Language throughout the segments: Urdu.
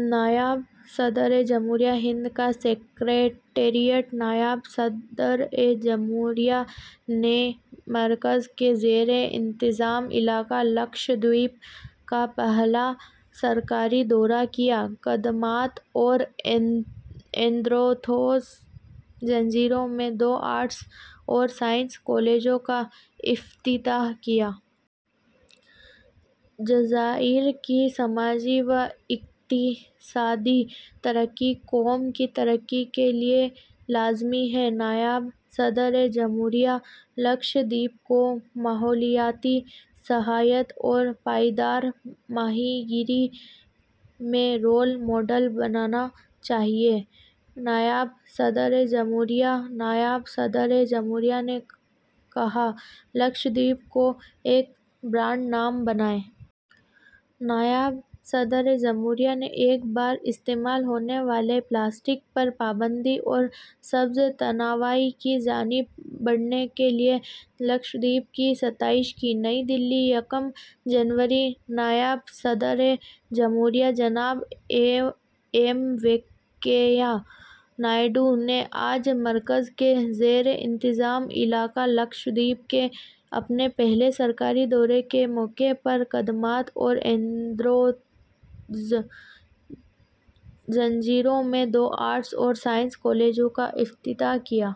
نائب صدرِ جمہوریہ ہند کا سکریٹریٹ نائب صدرِ جمہوریہ نے مرکز کے زیرِ انتظام علاقہ لکشدیپ کا پہلا سرکاری دورہ کیا۔ کدمت اور ایندروتھ جزیروں میں دو آرٹس اور سائنس کالجوں کا افتتاح کیا۔ جزائر کی سماجی و اقتصادی ترقی قوم کی ترقی کے لیے لازمی ہے: نائب صدرِ جمہوریہ۔ لکشدیپ کو ماحولیاتی سیاحت اور پائیدار ماہی گیری میں رول ماڈل بننا چاہیے: نائب صدرِ جمہوریہ۔ نائب صدرِ جمہوریہ نے کہا، ''لکشدیپ کو ایک برانڈ نام بنائیں۔'' نائب صدرِ جمہوریہ نے ایک بار استعمال ہونے والے پلاسٹک پر پابندی اور سبز توانائی کی جانب بڑھنے کے لیے لکشدیپ کی ستائش کی۔ نئی دہلی، یکم جنوری: نائب صدرِ جمہوریہ جناب ایم وینکیا نائیڈو نے آج مرکز کے زیرِ انتظام علاقہ لکشدیپ کے اپنے پہلے سرکاری دورے کے موقع پر کدمت اور ایندروتھ جزیروں میں دو آرٹس اور سائنس کالجوں کا افتتاح کیا۔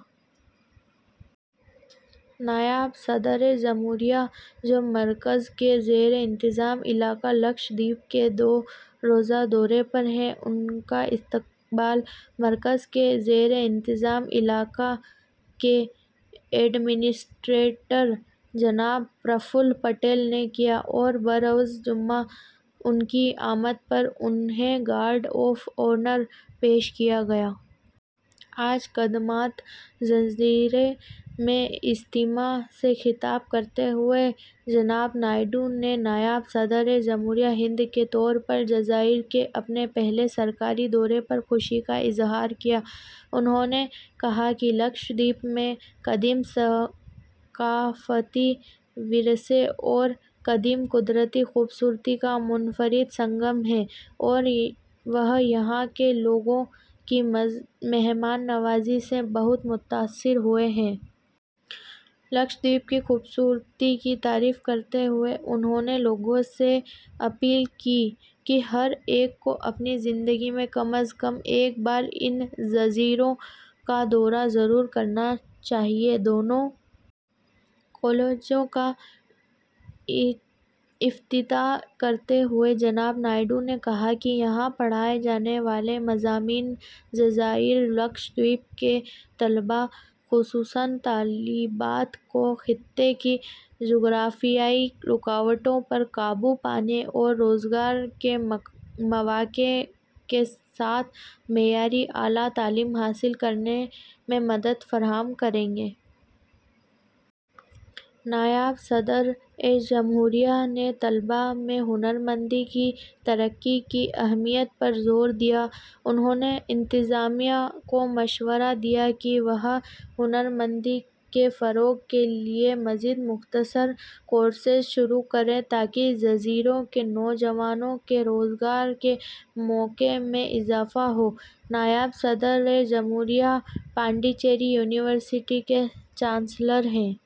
نائب صدرِ جمہوریہ، جو مرکز کے زیرِ انتظام علاقہ لکشدیپ کے دو روزہ دورے پر ہیں، ان کا استقبال مرکز کے زیرِ انتظام علاقہ کے ایڈمنسٹریٹر جناب پرفل پٹیل نے کیا اور بروز جمعہ ان کی آمد پر انہیں گارڈ آف آنر پیش کیا گیا۔ آج کدمت جزیرے میں اجتماع سے خطاب کرتے ہوئے جناب نائیڈو نے نائب صدرِ جمہوریہ ہند کے طور پر جزائر کے اپنے پہلے سرکاری دورے پر خوشی کا اظہار کیا۔ انہوں نے کہا کہ لکشدیپ میں ''قدیم ثقافتی ورثے اور قدیم قدرتی خوبصورتی کا منفرد سنگم'' ہے اور وہ یہاں کے لوگوں کی مہمان نوازی سے بہت متاثر ہوئے ہیں۔ لکشدیپ کی خوبصورتی کی تعریف کرتے ہوئے انہوں نے لوگوں سے اپیل کی کہ ہر ایک کو اپنی زندگی میں کم از کم ایک بار ان جزیروں کا دورہ ضرور کرنا چاہیے۔ دونوں کالجوں کا افتتاح کرتے ہوئے، جناب نائیڈو نے کہا کہ یہاں پڑھائے جانے والے مضامین جزائر لکشدیپ کے طلباء، خصوصاً طالبات، کو خطے کی جغرافیائی رکاوٹوں پر قابو پانے اور روزگار کے مواقع کے ساتھ معیاری اعلیٰ تعلیم حاصل کرنے میں مدد فراہم کریں گے۔ نائب صدرِ جمہوریہ نے طلباء میں ہنر مندی کی ترقی کی اہمیت پر زور دیا۔ انہوں نے انتظامیہ کو مشورہ دیا کہ وہ ہنر مندی کے فروغ کے لیے مزید مختصر کورسز شروع کریں تاکہ جزیروں کے نوجوانوں کے روزگار کے مواقع میں اضافہ ہو۔ نائب صدرِ جمہوریہ پانڈی چیری یونیورسٹی کے چانسلر ہیں۔